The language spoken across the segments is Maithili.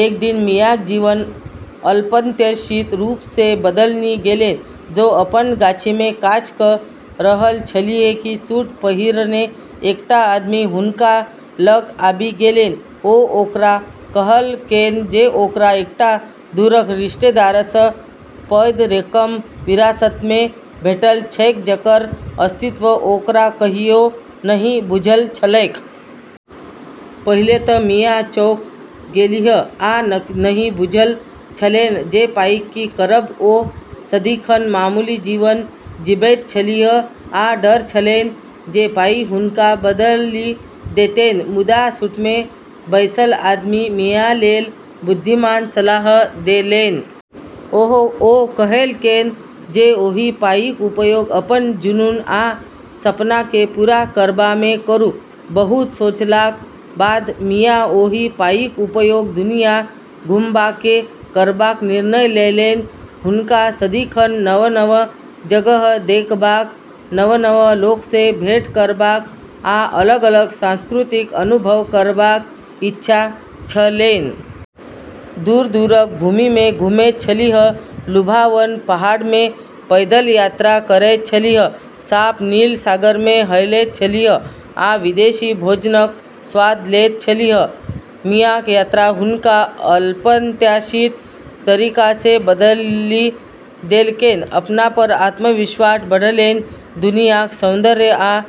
एक दिन मियाक जीवन अप्रत्याशित रूपसँ बदलि गेलैन। ओ अपन गाछीमे काज कऽ रहल छलीह कि सूट पहिरने एकटा आदमी हुनका लग आबि गेलैन। ओ ओकरा कहलकैन जे ओकरा एकटा दूरक रिश्तेदारसँ पैघ रकम विरासतमे भेटल छैक जकर अस्तित्व ओकरा कहियो नहि बुझल छलैक। पहिने तँ मिया चौंक गेलीह आ नहि बुझल छलैन जे पाइक की करब। ओ सदिखन मामूली जीवन जीबैत छलीह आ डर छलैन जे पाइ हुनका बदलि देतैन। मुदा सूटमे बैसल आदमी मियालेल बुद्धिमान सलाह देलैन। ओ कहलकैन जे ओहि पाइक उपयोग अपन जुनून आ सपनाकेँ पूरा करबामे करू। बहुत सोचलाक बाद मिया ओहि पाइक उपयोग दुनिया घुमबामे करबाक निर्णय लेलैन। हुनका सदिखन नव-नव जगह देखबाक, नव-नव लोकसँ भेंट करबाक, आ अलग-अलग संस्कृतिक अनुभव करबाक इच्छा छलैन। दूर-दूरक भूमिमे घुमैत छलीह, लुभावन पहाड़मे पैदल यात्रा करैत छलीह, साफ नील सागरमे हेलैत छलीह, आ विदेशी भोजनक स्वाद लैत छलीह। मियाक यात्रा हुनका अप्रत्याशित तरीकासँ बदलि देलकैन। अपनापर आत्मविश्वास बढ़लैन, दुनियाक सौंदर्य आ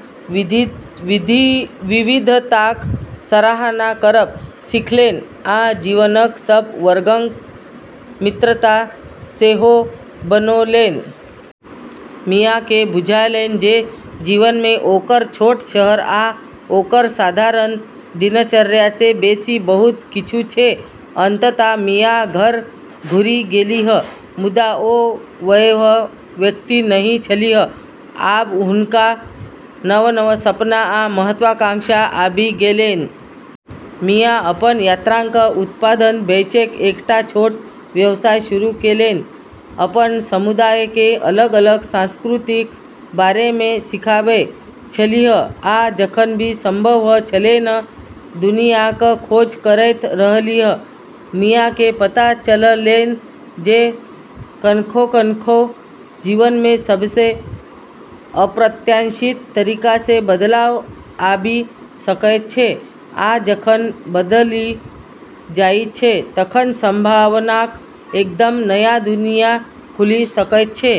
विविधताक सराहना करब सीखलैन, आ जीवनक सब वर्गक मित्रता सेहो बनौलैन। मियाकेँ बुझायलैन जे जीवनमे ओकर छोट शहर आ ओकर साधारण दिनचर्यासँ बेसी बहुत किछु छै। अन्ततः मिया घर घुरि गेलीह, मुदा ओ वैह व्यक्ति नहि छलीह। आब हुनका नव-नव सपना आ महत्वाकांक्षा आबि गेलैन। मिया अपन यात्राक उत्पाद बेचैक एकटा छोट व्यवसाय शुरू केलैन, अपन समुदायकेँ अलग-अलग संस्कृतिक बारेमे सिखाबै छलीह, आ जखन भी संभव छलैन दुनियाक खोज करैत रहलीह। मियाकेँ पता चललैन जे कखनो-कखनो, जीवनमे सबसँ अप्रत्याशित तरीकासँ बदलाव आबि सकैत छै, आ जखन बदलि जाइत छै, तखन संभावनाक एकदम नया दुनिया खुलि सकैत छै।